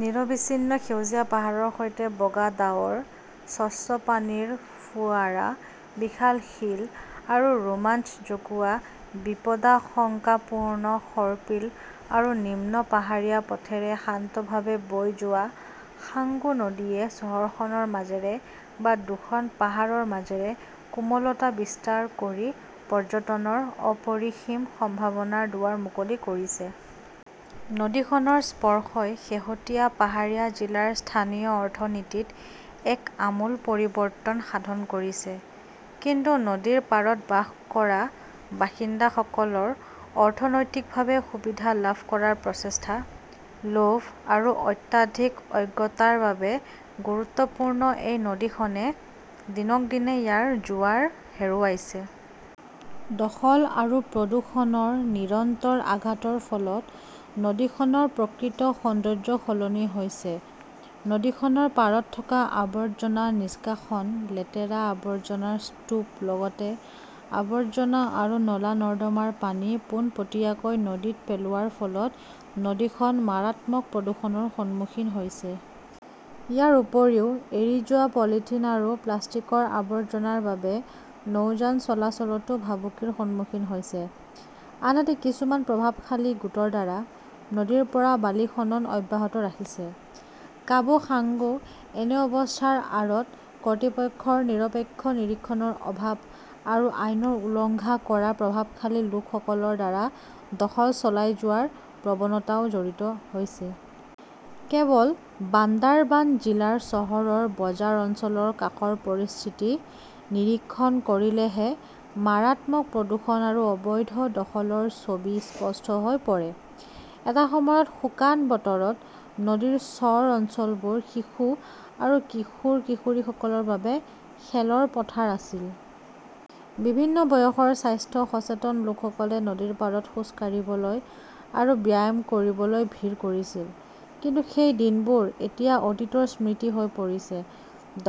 নিৰবিচ্ছিন্ন সেউজীয়া পাহাৰৰ সৈতে বগা ডাৱৰ, স্বচ্ছ পানীৰ ফোঁৱাৰা, বিশাল শিল আৰু ৰোমাঞ্চ জগোৱা বিপদাশংকাপূৰ্ণ সৰ্পিল আৰু নিম্ন পাহাৰীয়া পথেৰে শান্তভাৱে বৈ যোৱা সাঙ্গু নদীয়ে চহৰখনৰ মাজেৰে বা দুখন পাহাৰৰ মাজেৰে কোমলতা বিস্তাৰ কৰি পৰ্যটনৰ অপৰিসীম সম্ভাৱনাৰ দুৱাৰ মুকলি কৰিছে। নদীখনৰ স্পৰ্শই শেহতীয়া পাহাৰীয়া জিলাৰ স্থানীয় অৰ্থনীতিত এক আমূল পৰিৱৰ্তন সাধন কৰিছে। কিন্তু নদীৰ পাৰত বাস কৰা বাসিন্দাসকলৰ অনৈতিকভাৱে সুবিধা লাভ কৰাৰ প্ৰচেষ্টা, লোভ আৰু অত্যাধিক অজ্ঞতাৰ বাবে গুৰুত্বপূৰ্ণ এই নদীখনে দিনক দিনে ইয়াৰ জোৱাৰ হেৰুৱাইছে। দখল আৰু প্ৰদূষণৰ নিৰন্তৰ আঘাতৰ ফলত নদীখনৰ প্ৰকৃত সৌন্দৰ্য সলনি হৈছে। নদীখনৰ পাৰত থকা আৱৰ্জনা নিষ্কাশন, লেতেৰা আৱৰ্জনাৰ স্তূপ লগতে আৱৰ্জনা আৰু নলা-নৰ্দমাৰ পানী পোনপটীয়াকৈ নদীত পেলোৱাৰ ফলত নদীখন মাৰাত্মক প্ৰদূষণৰ সন্মুখীন হৈছে। ইয়াৰ উপৰিও, এৰি যোৱা পলিথিন আৰু প্লাষ্টিকৰ আৱৰ্জনাৰ বাবে নৌযান চলাচলতো ভাবুকিৰ সন্মুখীন হৈছে। আনহাতে, কিছুমান প্ৰভাৱশালী গোটৰ দ্বাৰা নদীৰ পৰা বালি খনন অব্যাহত ৰাখিছে। কাবু সাঙ্গু এনে অৱস্থাৰ আঁৰত কৰ্তৃপক্ষৰ নিৰপেক্ষ নিৰীক্ষণৰ অভাৱ আৰু আইনৰ উলংঘা কৰা প্ৰভাৱশালী লোকসকলৰ দ্বাৰা দখল চলাই যোৱাৰ প্ৰৱণতাও জড়িত হৈছে। কেৱল বান্দাৰবান জিলাৰ চহৰৰ বজাৰ অঞ্চলৰ কাষৰ পৰিস্থিতি নিৰীক্ষণ কৰিলেহে মাৰাত্মক প্ৰদূষণ আৰু অবৈধ দখলৰ ছবি স্পষ্ট হৈ পৰে। এটা সময়ত শুকান বতৰত নদীৰ চৰ অঞ্চলবোৰ শিশু আৰু কিশোৰ-কিশোৰীসকলৰ বাবে খেলৰ পথাৰ আছিল। বিভিন্ন বয়সৰ স্বাস্থ্য সচেতন লোকসকলে নদীৰ পাৰত খোজ কাঢ়িবলৈ আৰু ব্যায়াম কৰিবলৈ ভিৰ কৰিছিল। কিন্তু সেই দিনবোৰ এতিয়া অতীতৰ স্মৃতি হৈ পৰিছে।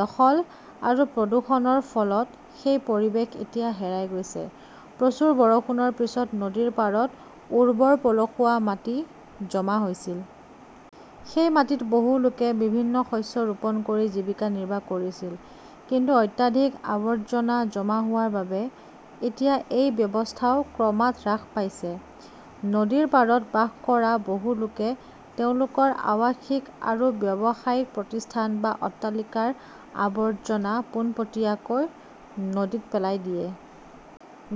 দখল আৰু প্ৰদূষণৰ ফলত সেই পৰিৱেশ এতিয়া হেৰাই গৈছে। প্ৰচুৰ বৰষুণৰ পিছত নদীৰ পাৰত উৰ্বৰ পলসুৱা মাটি জমা হৈছিল। সেই মাটিত বহু লোকে বিভিন্ন শস্য ৰোপণ কৰি জীৱিকা নিৰ্বাহ কৰিছিল। কিন্তু অত্যাধিক আৱৰ্জনা জমা হোৱাৰ বাবে এতিয়া এই ব্যৱস্থাও ক্ৰমাৎ হ্ৰাস পাইছে। নদীৰ পাৰত বাস কৰা বহু লোকে তেওঁলোকৰ আৱাসিক আৰু ব্যৱসায়িক প্ৰতিষ্ঠান বা অট্টালিকাৰ আৱৰ্জনা পোনপটীয়াকৈ নদীত পেলাই দিয়ে।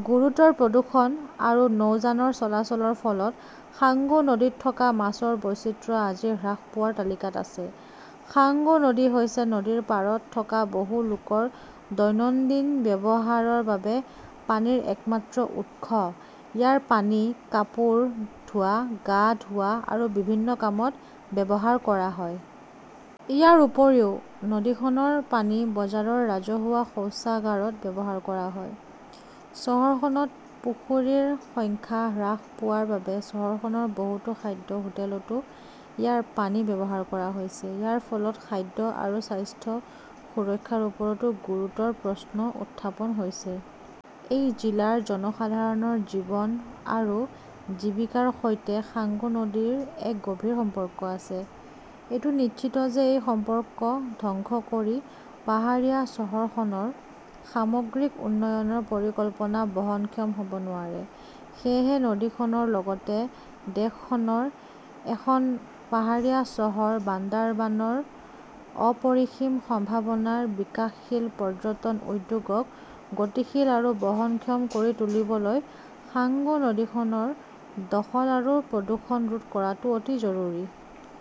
গুৰুতৰ প্ৰদূষণ আৰু নৌযানৰ চলাচলৰ ফলত সাংগু নদীত থকা মাছৰ বৈচিত্ৰ্য আজি হ্ৰাস পোৱাৰ তালিকাত আছে। সাঙ্গু নদী হৈছে নদীৰ পাৰত থকা বহু লোকৰ দৈনন্দিন ব্যৱহাৰৰ বাবে পানীৰ একমাত্ৰ উৎস। ইয়াৰ পানী কাপোৰ ধোৱা, গা ধোৱা আৰু বিভিন্ন কামত ব্যৱহাৰ কৰা হয়। ইয়াৰ উপৰিও, নদীখনৰ পানী বজাৰৰ ৰাজহুৱা শৌচাগাৰত ব্যৱহাৰ কৰা হয়। চহৰখনত পুখুৰীৰ সংখ্যা হ্ৰাস পোৱাৰ বাবে চহৰখনৰ বহুতো খাদ্য হোটেলতো ইয়াৰ পানী ব্যৱহাৰ কৰা হৈছে! ইয়াৰ ফলত খাদ্য আৰু স্বাস্থ্য সুৰক্ষাৰ ওপৰতো গুৰুতৰ প্ৰশ্ন উত্থাপন হৈছে। এই জিলাৰ জনসাধাৰণৰ জীৱন আৰু জীৱিকাৰ সৈতে সাঙ্গু নদীৰ এক গভীৰ সম্পৰ্ক আছে। এইটো নিশ্চিত যে এই সম্পৰ্ক ধ্বংস কৰি পাহাৰীয়া চহৰখনৰ সামগ্ৰিক উন্নয়নৰ পৰিকল্পনা বহনক্ষম হ 'ব নোৱাৰে। সেয়েহে নদীখনৰ লগতে দেশখনৰ এখন পাহাৰীয়া চহৰ বান্দাৰবানৰ অপৰিসীম সম্ভাৱনাৰ বিকাশশীল পৰ্যটন উদ্যোগক গতিশীল আৰু বহনক্ষম কৰি তুলিবলৈ সাঙ্গু নদীখনৰ দখল আৰু প্ৰদূষণ ৰোধ কৰাটো অতি জৰুৰী।